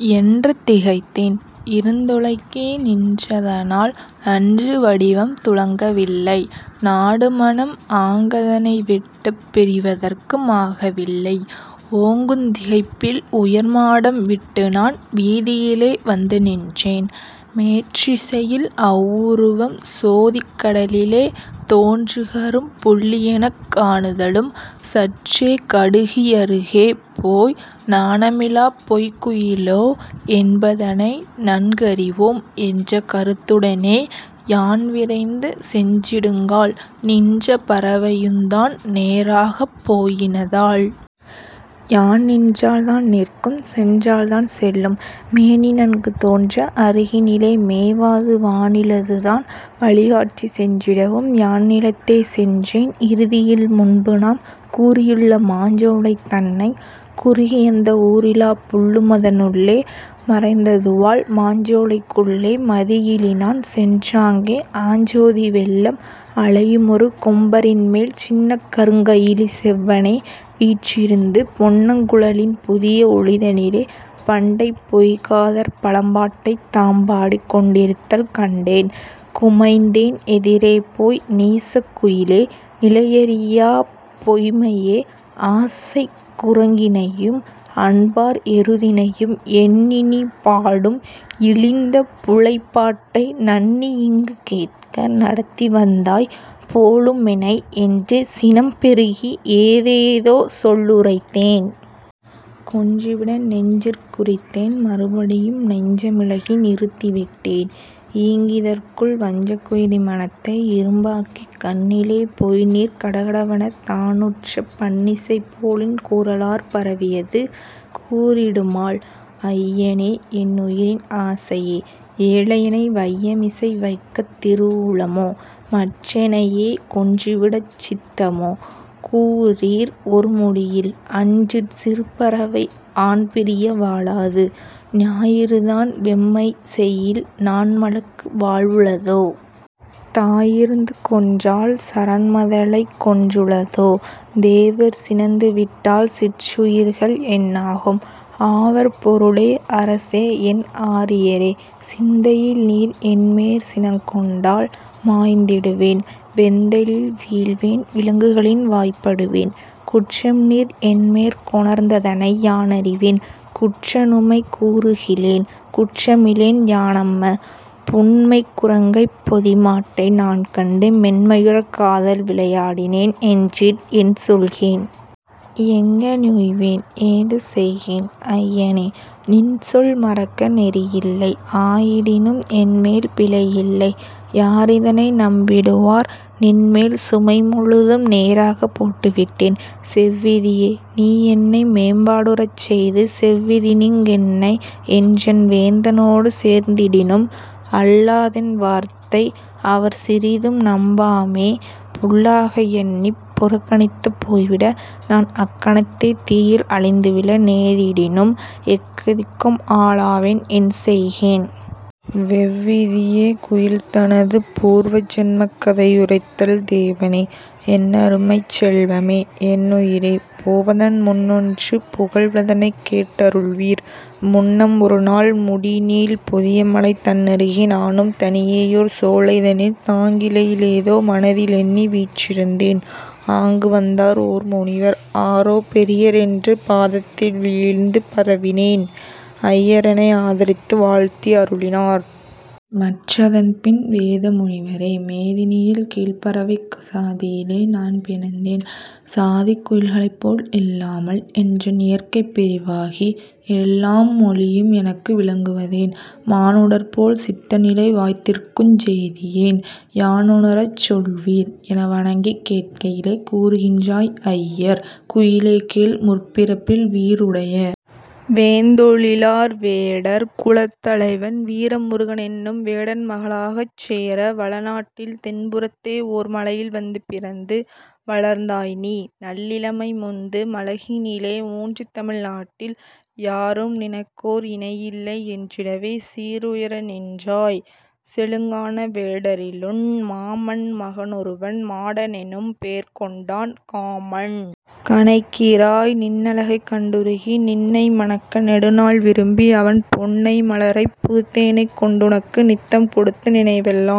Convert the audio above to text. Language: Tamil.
' என்று திகைத்தேன்; 'இருந்தொலைக்கே நின்றதனால் நன்று வடிவம் துலங்கவில்லை; நாடுமனம் ஆங்கதனை விட்டுப் பிரிவதற்கு மாக வில்லை. ஓங்குந் திகைப்பில் உயர்மாடம் விட்டுநான் வீதியிலே வந்துநின்றேன். மேற்றிசையில் அவ்வுருவம் சோதிக் கடலிலே தோன்றுகரும் புள்ளியெனக் காணுதலும், சற்றே கடுகி யருகே போய், 'நாணமிலாப் பொய்க்குயிலோ', என்பதனை நன்கறிவோம் என்ற கருத்துடனே யான்விரைந்து சென்றிடுங்கால், நின்ற பறவையுந்தான் நேராகப் போயினதால். யான் நின்றால் தான்நிற்கும் சென்றால் தான்செல்லும்; மேனிநன்கு தோன்ற அருகினிலே மேவாது வானி லதுதான் வழிகாட்டிச் சென்றிடவும் யான்நிலத்தே சென்றேன் இறுதியில் முன்புநாம் கூறியுள்ள மாஞ்சோலை தன்னைக் குறுகியந்த ஊரிலாப் புள்ளுமத னுள்ளே மறைந்ததுவால், மாஞ்சோலைக் குள்ளே மதியிலிநான் சென்றாங்கே ஆஞ்சோதி வெள்ளம் அலையுமொரு கொம்பரின்மேல் சின்னக் கருங்கயிலி செவ்வனே வீற்றிருந்து, பொன்னங்குழலின் புதிய ஒளிதனிலே பண்டைப் பொய்க்காதற் பழம்பாட்டைத் தாம்பாடிக் கொண்டிருத்தல் கண்டேன், குமைந்தேன்; எதிரேபோய், '' நீசக் குயிலே, நிலையறியாப் பொய்ம்மையே, ஆசைக் குரங்கினையும் அன்பார் எருதினையும் எண்ணிநீ பாடும் இழிந்த புலைப்பாட்டை நண்ணியிங்கு கேட்க நடத்திவந்தாய் போலுமெனை'' என்று சினம்பெருகி ஏதேதோ சொல்லுரைத்தேன். கொன்றுவிட நெஞ்சிற் குறித்தேன்; மறுபடியும் நெஞ்ச மிளகி நிறுத்திவிட்டேன். ஈங்கிதற்குள், வஞ்சக் குயிலி மனத்தை இரும்பாக்கிக் கண்ணிலே பொய்நீர் கடகடவெனத் தானூற்றுப் பண்ணிசைபோ லின்குரலாற் பரவியது கூறிடுமால்; 'ஐயனே, என்னுயிரின் ஆசையே! ஏழையெனை வையமிசை வைக்கத் திருவுளமோ? மற்றெனையே கொன்றுவிடச் சித்தமோ? கூறீர், ஒருமொழியில்! அன்றிற் சிறுபறவை ஆண்பிரிய வாழாது, ஞாயிறுதான் வெம்மைசெயில், நாண்மலக்கு வாழ்வுளதோ? தாயிருந்து கொன்றால் சரண்மதலைக் கொன்றுளதோ? தேவர் சினந்துவிட்டால், சிற்றுயிர்கள் என்னாகும்? ஆவற் பொருளே! அரசே! என் ஆரியரே! சிந்தையில் நீர் என்மேற் சினங்கொண்டால் மாய்ந்திடுவேன் வெந்தழலில் வீழ்வேன், விலங்குகளின் வாய்ப்படுவேன். குற்றம்நீர் என்மேற்கொணர்ந்ததனை யானறிவேன். குற்றநுமைக் கூறுகிலேன்; குற்றமிலேன் யானம்ம! புன்மைக் குரங்கைப் பொதிமாட்டை நான்கண்டு மென்மையுறக் காதல் விளையாடி னேன்என்றீர்; என்சொல்கேன்! எங்ஙனுய்வேன்! ஏதுசெய்கேன், ஐயனே! நின்சொல் மறக்க நெறியில்லை; ஆயிடினும் என்மேல் பிழையில்லை; யாரிதனை நம்பிடுவார்? நின்மேல் சுமைமுழுதும் நேராகப் போட்டுவிட்டேன். வெவ்விதியே! நீ என்னை மேம்பாடுறச் செய்து செவ்விதினிங் கென்னை என்றன் வேந்தனொடு சேர்த்திடினும் அல்லாதென் வார்த்தை அவர்சிறிதும் நம்பாமே புல்லாக எண்ணிப் புறக்கணித்துப் போய்விட, நான் அக்கணத்தே தீயில் அழிந்துவிழ நேரிடினும், எக்கதிக்கும் ஆளாவேன்; என்செய்கேன்? வெவ்விதியே!. குயில் தனது பூர்வ ஜன்மக் கதையுரைத்தல் ''தேவனே! என்னருமைச் செல்வமே? என்னுயிரே! போவதன் முன்னொன்று புகல்வதனைக் கேட்டருள் வீர்! முன்னம்ஒருநாள் முடிநீள் பொதியமலை தன்னருகே நானும் தனியேயோர் சோலைதனில் தாங்கிளையி லேதோ மனதிலெண்ணி வீற்றிருந்தேன். ஆங்குவந்தார் ஓர் முனிவர். ஆரோ பெரியரென்று பாதத்தில் வீழ்ந்து பரவினேன்; ஐயரெனை ஆதரித்து வாழ்த்தி அருளினார். மற்றதன்பின், 'வேத முனிவரே, மேதினியில் கீழ்ப்பறவைக் சாதியிலே நான் பிறந்தேன், சாதிக் குயில்களைப்போல் இல்லாமல், என்றன் இயற்கை பிரிவாகி, எல்லாம் மொழியும் எனக்கு விளங்குவதேன்? மானுடர்போல் சித்தநிலை வாயித்திருக்குஞ் செய்தியேன்? யானுணரச் சொல்வீர்' என வணங்கிக் கேட்கையிலே, கூறுகின்றாய் ஐயர்: 'குயிலே! கேள், முற்பிறப்பில் வீறுடைய வேந்தொழிலார் வேடர் குலத்தலைவன் வீர முருகனென்னும் வேடன் மகளாகச் சேர வளநாட்டில் தென்புறத்தே ஓர்மலையில் வந்து பிறந்து வள்ர்ந்தாய் நீ, நல்லிளமை முந்து மழகினிலே மூன்றுதமிழ் நாட்டில் யாரும் நினக்கோர் இணையில்லை என்றிடவே சீருயர நின்றாய்; செழுங்கான வேடரிலுன் மாமன் மகனொருவன் மாடனெனும் பேர்கொண்டான், காமன் கணைக்கிரையாய், நின்னழகைக் கண்டுருகி, நின்னை மணக்க நெடுநாள் விரும்பி, அவன் பொன்னை மலரைப் புத்தேனைக் கொண்டுனக்கு நித்தம் கொடுத்து நினைவெல்லாம்